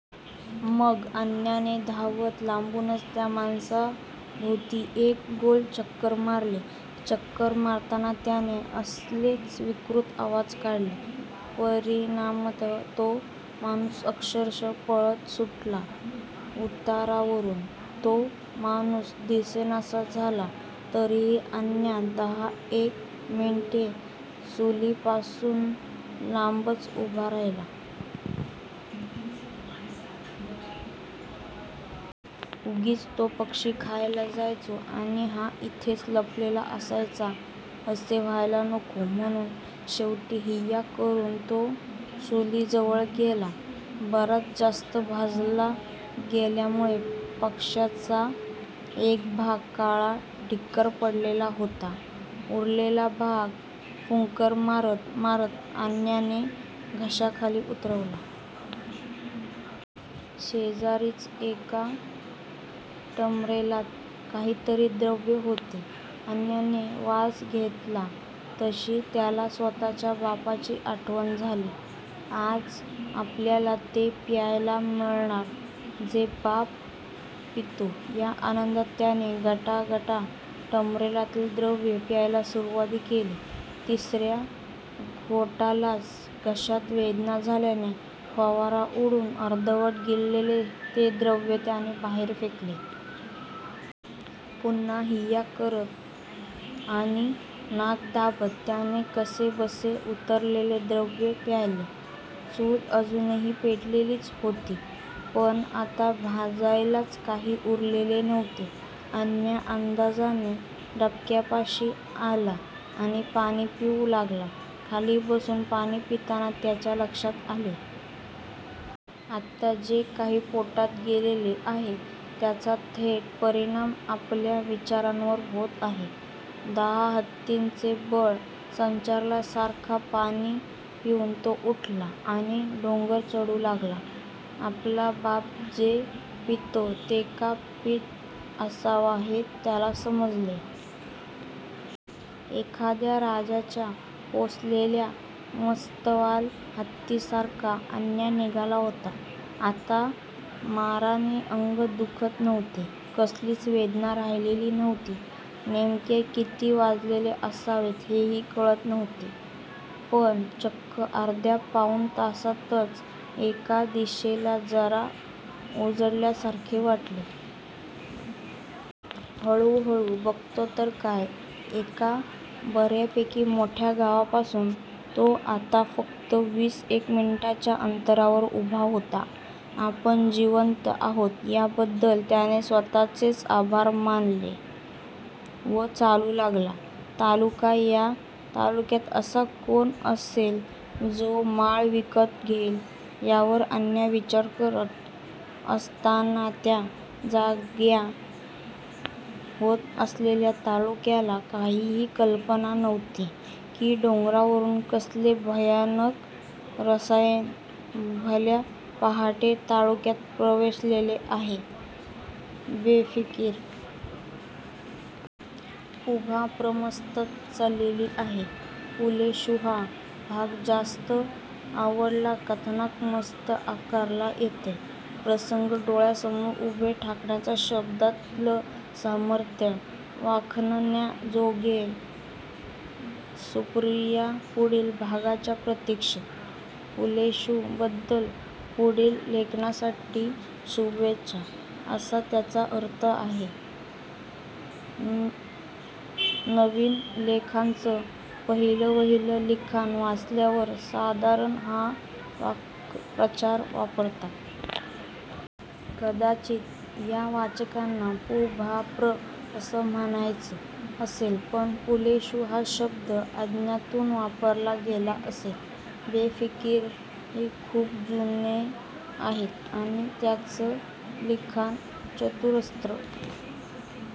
मग अन्याने धावत लांबूनच त्या माणसाभोवती एक गोल चक्कर मारली. चक्कर मारताना त्याने असलेच विकृत आवाज काढले. परिणामतः तो माणूस अक्षरशः पळत सुटला उतारावरून! तो माणूस दिसेनासा झाला तरीही अन्या दहा एक मिनिटे चुलीपासून लांबच उभा राहिला. उगीच तो पक्षी खायला जायचो आणि हा इथेच लपलेला असायचा असे व्हायला नको म्हणून! शेवटी हिय्या करून तो चुलीजवळ गेला. बराच जास्त भाजला गेल्यामुळे पक्ष्याचा एक भाग काळा ठिक्कर पडलेला होता. उरलेला भाग फुंकर मारत मारत अन्याने घशाखाली उतरवला. शेजारीच एका टमरेलात काहीतरी द्रव्य होते. अन्याने वास घेतला तशी त्याला स्वतःच्या बापाची आठवण झाली. आज आपल्याला ते प्यायला मिळणार जे बाप पितो या आनंदात त्याने गटागटा टमरेलातील द्रव्य प्यायला सुरुवात केली. तिसर्या घोटालाच घशात वेदना झाल्याने फवारा उडवून अर्धवट गिळलेले ते द्रव्य त्याने बाहेर फेकले. पुन्हा हिय्या करत आणि नाक दाबत त्याने कसेबसे उरलेले द्रव्य प्यायले. चूल अजुनही पेटलेलीच होती. पण आता भाजायलाच काही उरलेले नव्हते. अन्या अंदाजाने डबक्यापाशी आला आणि पाणी पिऊ लागला. खाली बसून पाणी पिताना त्याच्या लक्षात आले. आत्ता जे काही पोटात गेलेले आहे त्याचा थेट परिणाम आपल्या विचारांवर होत आहे. दहा हत्तींचे बळ संचारल्यासारखा पाणी पिऊन तो उठला आणि डोंगर चढू लागला. आपला बाप जे पितो ते का पीत असावा हे त्याला समजले. एखाद्या राजाच्या पोसलेल्या मस्तवाल हत्तीसारखा अन्या निघाला होता. आता माराने अंग दुखत नव्हते. कसलीच वेदना राहिलेली नव्हती. नेमके किती वाजलेले असावेत हेही कळत नव्हते. पण चक्क अर्ध्या पाऊण तासातच एका दिशेला जरा उजाडल्यासारखे वाटले. हळूहळू बघतो तर काय? एका बर्यापैकी मोठ्या गावापासून तो आता फक्त वीस एक मिनिटांच्या अंतरावर उभा होता. आपण जिवंत आहोत याबद्दल त्याने स्वतःचेच आभार मानले व चालू लागला. तालुका! या तालुक्यात असा कोण असेल जो माळ विकत घेईल यावर अन्या विचार करत असतानात्या जाग्या होत असलेल्या तालुक्याला काहीही कल्पना नव्हती की डोंगरावरून कसले भयानक रसायन भल्या पहाटे तालुक्यात प्रवेशलेले आहे-'बेफिकीर'! पुभाप्रमस्तच चालली आहे!!!!!!!!!!! पुलेशुहा भाग जास्त आवडलाकथानक मस्त आकाराला येतय. प्रसंग डोळ्यासमोर उभे ठाकण्याच शब्दातल सामर्थ्य वाखाणण्याजोगयं. -सुप्रियापुढील भागाच्या प्रतिक्षेत!!!!!!!!!!!!! पुलेशु बद्दल पुढील लेखनासाठी शुभेच्छा असा त्याचा अर्थ आहे. नवीन लेखकांचं पहिलंवहिलं लिखाण वाचल्यावर साधारण हा वाकप्रचार वापरतात. कदाचित या वाचकांना पुभाप्र असं म्हणायचं असेल, पण पुलेशु हा शब्द अज्ञानातून वापरला गेला असेल. बेफिकीर हे खूप जुने आहेत आणि त्यांचं लिखाण चतुरस्त्र